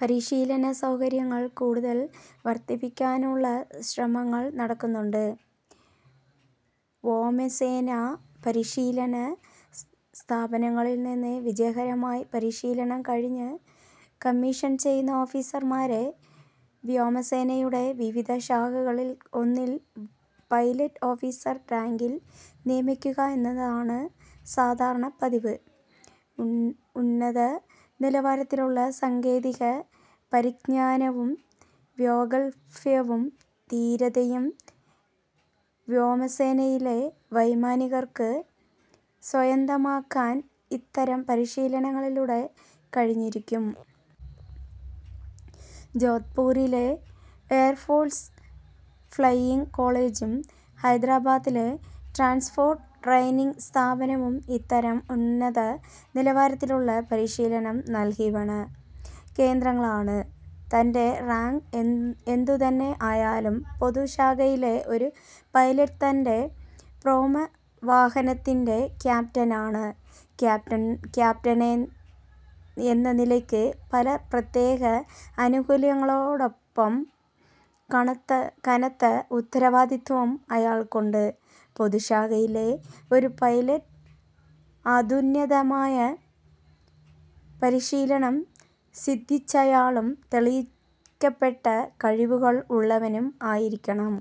പരിശീലന സൗകര്യങ്ങൾ കൂടുതൽ വർധിപ്പിക്കാനുള്ള ശ്രമങ്ങളും നടക്കുന്നുണ്ട്. വ്യോമസേനാ പരിശീലന സ്ഥാപനങ്ങളിൽ നിന്ന് വിജയകരമായി പരിശീലനം കഴിഞ്ഞ് കമ്മീഷൻ ചെയ്യുന്ന ഓഫീസർമാരെ വ്യോമസേനയുടെ വിവിധ ശാഖകളിൽ ഒന്നിൽ പൈലറ്റ് ഓഫീസർ റാങ്കിൽ നിയമിക്കുക എന്നതാണ് സാധാരണ പതിവ്. ഉന്നത നിലവാരത്തിലുള്ള സാങ്കേതിക പരിജ്ഞാനവും പ്രാഗൽഭ്യവും ധീരതയും വ്യോമസേനയിലെ വൈമാനികർക്ക് സ്വായത്തമാക്കാൻ ഇത്തരം പരിശീലനങ്ങളിലൂടെ കഴിഞ്ഞിരിക്കും. ജോധ്പൂരിലെ എയർഫോഴ്സ് ഫ്ലൈയിങ് കോളേജും ഹൈദരാബാദിലെ ട്രാൻസ്പോർട്ട് ട്രെയിനിങ് സ്ഥാപനവും ഇത്തരം ഉന്നത നിലവാരത്തിലുള്ള പരിശീലനം നൽകിവന്ന കേന്ദ്രങ്ങളാണ്. തൻ്റെ റാങ്ക് എന്തുതന്നെ ആയാലും പൊതു ശാഖയിലെ ഒരു പൈലറ്റ് തൻ്റെ വ്യോമവാഹനത്തിൻ്റെ ക്യാപ്റ്റനാണ്. ക്യാപ്റ്റനെന്ന നിലയ്ക്ക് പല പ്രത്യേക ആനുകൂല്യങ്ങളോടൊപ്പം കനത്ത കനത്ത ഉത്തരവാദിത്തവും അയാൾക്കുണ്ട്. പൊതുശാഖയിലെ ഒരു പൈലറ്റ് അത്യുന്നതമായ പരിശീലനം സിദ്ധിച്ചയാളും തെളിയിക്കപ്പെട്ട കഴിവുകൾ ഉള്ളവനും ആയിരിക്കണം.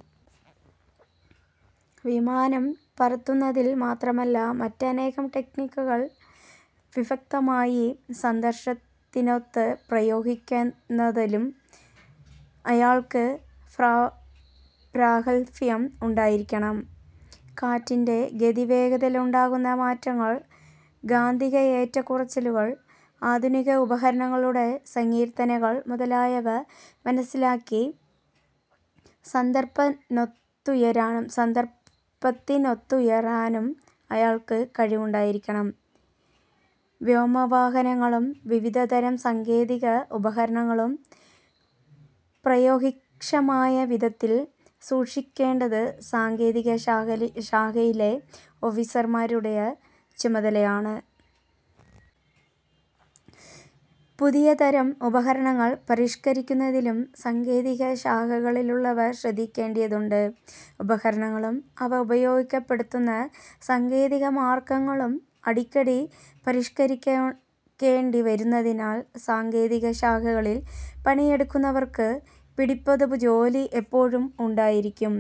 വിമാനം പറത്തുന്നതിൽ മാത്രമല്ല, മറ്റനേകം ടെക്നിക്കുകൾ വിദഗ്ദ്ധമായി സന്ദർശത്തിനൊത്ത് പ്രയോഗിക്കുന്നതിലും അയാൾക്ക് പ്രാഗൽഭ്യം ഉണ്ടായിരിക്കണം. കാറ്റിൻ്റെ ഗതിവേഗത്തിലുണ്ടാകുന്ന മാറ്റങ്ങൾ, കാന്തിക ഏറ്റക്കുറച്ചിലുകൾ, ആധുനിക ഉപകരണങ്ങളുടെ സങ്കീർതനകൾ മുതലായവ മനസ്സിലാക്കി സന്ദർഭത്തിനൊത്തുയരാനും അയാൾക്ക് കഴിവുണ്ടായിരിക്കണം. വ്യോമവാഹനങ്ങളും വിവിധതരം സാങ്കേതിക ഉപകരണങ്ങളും പ്രയോഗക്ഷമമായ വിധത്തിൽ സൂക്ഷിക്കേണ്ടത് സാങ്കേതിക ശാഖകളിലെ ഓഫീസർമാരുടെ ചുമതലയാണ്. പുതിയതരം ഉപകരണങ്ങൾ പരിഷ്കരിക്കുന്നതിലും സങ്കേതിക ശാഖകളിലുള്ളവർ ശ്രദ്ധിക്കേണ്ടതുണ്ട്. ഉപകരണങ്ങളും അവ ഉപയോഗപ്പെടുത്തുന്ന സാങ്കേതിക മാർഗങ്ങളും അടിക്കടി പരിഷ്കരിക്കേണ്ടി വരുന്നതിനാൽ സാങ്കേതിക ശാഖകളിൽ പണിയെടുക്കുന്നവർക്ക് പിടിപ്പതു ജോലി എപ്പോഴും ഉണ്ടായിരിക്കും.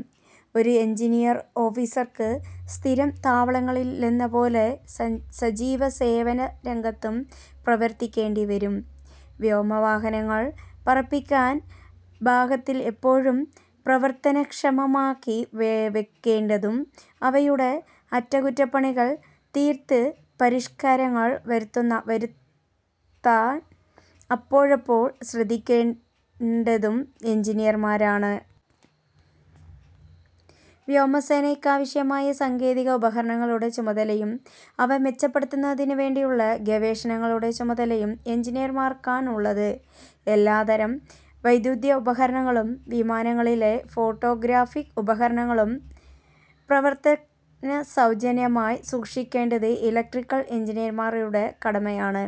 ഒരു എൻജിനീയർ ഓഫീസർക്ക് സ്ഥിരം താവളങ്ങളിലെന്നപോലെ സജീവ സേവന രംഗത്തും പ്രവർത്തിക്കേണ്ടി വരും. വ്യോമവാഹനങ്ങൾ പറപ്പിക്കാൻ പാകത്തിൽ എപ്പോഴും പ്രവർത്തനക്ഷമമാക്കി വെ വെക്കേണ്ടതും, അവയുടെ അറ്റകുറ്റപ്പണികൾ തീർത്ത് പരിഷ്കാരങ്ങൾ വരുത്താൻ അപ്പോഴപ്പോൾ ശ്രദ്ധിക്കേണ്ടതും എൻജിനീയർമാരാണ്. വ്യോമസേനയ്ക്കാവശ്യമായ സാങ്കേതിക ഉപകരണങ്ങളുടെ ചുമതലയും അവ മെച്ചപ്പെടുത്തുന്നതിനു വേണ്ടിയുള്ള ഗവേഷണങ്ങളുടെ ചുമതലയും എൻജിനീയർമാർക്കാണുള്ളത്. എല്ലാത്തരം വൈദ്യുതോപകരണങ്ങളും വിമാനങ്ങളിലെ ഫോട്ടോഗ്രാഫിക്ക് ഉപകരണങ്ങളും പ്രവർത്തന സൗജന്യമായി സൂക്ഷിക്കേണ്ടത് ഇലക്ട്രിക്കൽ എൻജിനീയർമാരുടെ കടമയാണ്.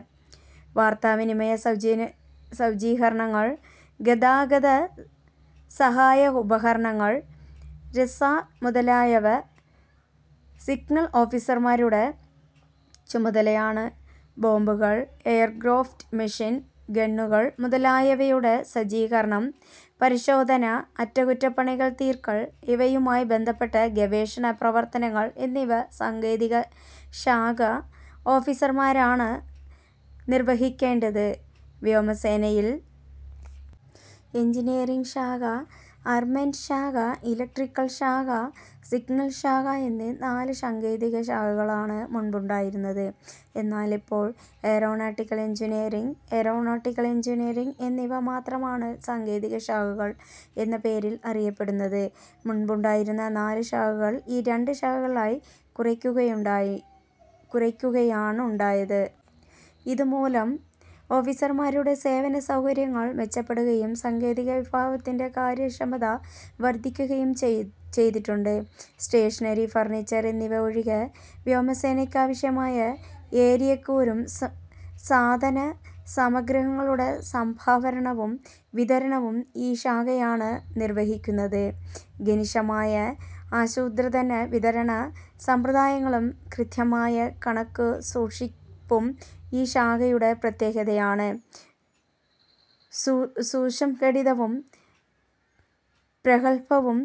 വാർത്താവിനിമയ സജ്ജീകരണങ്ങൾ, ഗതാഗത സഹായകോപകരണങ്ങൾ, റഡാർ മുതലായവ സിഗ്നൽ ഓഫീസർമാരുടെ ചുമതലയിലാണ്. ബോംബുകൾ, എയർക്രാഫ്റ്റ് മെഷീൻ ഗണ്ണുകൾ മുതലായവയുടെ സജ്ജീകരണം, പരിശോധന, അറ്റകുറ്റപ്പണികൾ തീർക്കൽ, ഇവയുമായി ബന്ധപ്പെട്ട ഗവേഷണ പ്രവർത്തനങ്ങൾ എന്നിവ സാങ്കേതിക ശാഖാ ഓഫീസർമാരാണ് നിർവഹിക്കേണ്ടത്. വ്യോമസേനയിൽ എൻജിനീയറിങ് ശാഖ, ആർമമെന്റ് ശാഖ, ഇലക്ട്രിക്കൽ ശാഖ, സിഗ്നൽ ശാഖ എന്നീ നാല് സാങ്കേതിക ശാഖകളാണ് മുമ്പുണ്ടായിരുന്നത്. എന്നാൽ ഇപ്പോൾ എയ്റോനോട്ടിക്കൽ എൻജിനീയറിങ്, എയ്റോനോട്ടിക്കൽ എൻജിനീയറിങ് എന്നിവ മാത്രമാണ് സാങ്കേതിക ശാഖകൾ എന്ന പേരിൽ അറിയപ്പെടുന്നത്. മുമ്പുണ്ടായിരുന്ന നാല് ശാഖകൾ ഈ രണ്ട് ശാഖകളായി കുറക്കുകയുണ്ടായി കുറയ്ക്കുകയാണുണ്ടായത്. ഇതുമൂലം ഓഫീസർമാരുടെ സേവന സൗകര്യങ്ങൾ മെച്ചപ്പെടുകയും സാങ്കേതിക വിഭാഗത്തിൻ്റെ കാര്യക്ഷമത വർധിക്കുകയും ചെയ്തിട്ടുണ്ട്. സ്റ്റേഷനറി, ഫർണീച്ചർ എന്നിവ ഒഴികെ വ്യോമസേനയ്ക്കാവശ്യമായ ഏറിയകൂറും സാധന സമഗ്രഹങ്ങളുടെ സംഭരണവും വിതരണവും ഈ ശാഖയാണ് നിർവഹിക്കുന്നത്. കണിശമായ ആസൂത്രണ വിതരണ സമ്പ്രദായങ്ങളും കൃത്യമായ കണക്കുസൂക്ഷിപ്പും ഈ ശാഖയുടെ പ്രത്യേകതയാണ്. സുസംഘടിതവും പ്രഗൽഭവും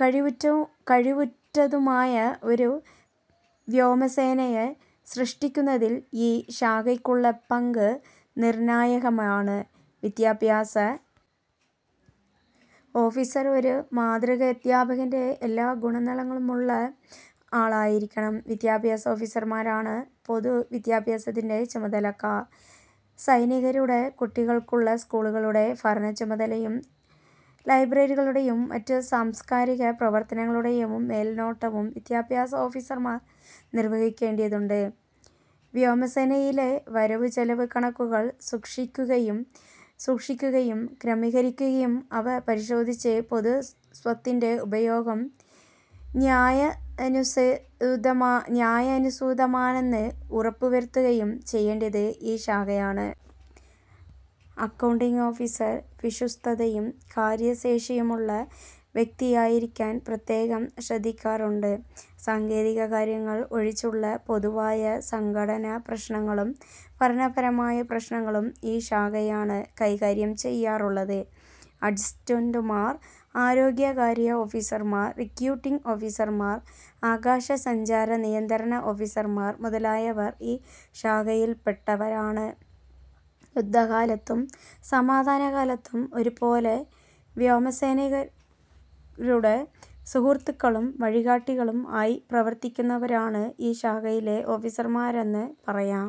കഴിവുറ്റവും കഴിവുറ്റതുമായ ഒരു വ്യോമസേനയെ സൃഷ്ടിക്കുന്നതിൽ ഈ ശാഖയ്ക്കുള്ള പങ്ക് നിർണായകമാണ്. വിദ്യാഭ്യാസ ഓഫീസർ ഒരു മാതൃകാധ്യാപകൻ്റെ എല്ലാ ഗുണങ്ങളുമുള്ള ആളായിരിക്കണം. വിദ്യാഭ്യാസ ഓഫീസർമാരാണ് പൊതു വിദ്യാഭ്യാസത്തിൻ്റെ ചുമതലക്കാർ. സൈനികരുടെ കുട്ടികൾക്കുള്ള സ്കൂളുകളുടെ ഭരണച്ചുമതലയും ലൈബ്രറികളുടെയും മറ്റു സാംസ്കാരിക പ്രവർത്തനങ്ങളുടെയും മേൽനോട്ടവും വിദ്യാഭ്യാസ ഓഫീസർമാർ നിർവഹിക്കേണ്ടതുണ്ട്. വ്യോമസേനയിലെ വരവുചെലവ് കണക്കുകൾ സൂക്ഷിക്കുകയും സൂക്ഷിക്കുകയും ക്രമീകരിക്കുകയും അവ പരിശോധിച്ച് പൊതു സ്വത്തിൻ്റെ ഉപയോഗം ന്യായാനുസൃതമാണെന്ന് ഉറപ്പുവരുത്തുകയും ചെയ്യേണ്ടത് ഈ ശാഖയാണ്. അക്കൗണ്ടിംഗ് ഓഫീസർ വിശ്വസ്തതയും കാര്യശേഷിയുമുള്ള വ്യക്തിയായിരിക്കാൻ പ്രത്യേകം ശ്രദ്ധിക്കാറുണ്ട്. സാങ്കേതിക കാര്യങ്ങൾ ഒഴിച്ചുള്ള പൊതുവായ സംഘടനാ പ്രശ്നങ്ങളും ഭരണപരമായ പ്രശ്നങ്ങളും ഈ ശാഖയാണ് കൈകാര്യം ചെയ്യാറുള്ളത്. അഡ്ജുറ്റന്റുമാർ, ആരോഗ്യകാര്യ ഓഫീസർമാർ, റിക്രൂട്ടിങ് ഓഫീസർമാർ, ആകാശ സഞ്ചാര നിയന്ത്രണ ഓഫീസർമാർ മുതലായവർ ഈ ശാഖയിൽപ്പെട്ടവരാണ്. യുദ്ധകാലത്തും സമാധാനകാലത്തും ഒരുപോലെ വ്യോമസൈനികരുടെ സുഹൃത്തുക്കളും വഴികാട്ടികളും ആയി പ്രവർത്തിക്കുന്നവരാണ് ഈ ശാഖയിലെ ഓഫീസർമാരെന്ന് പറയാം.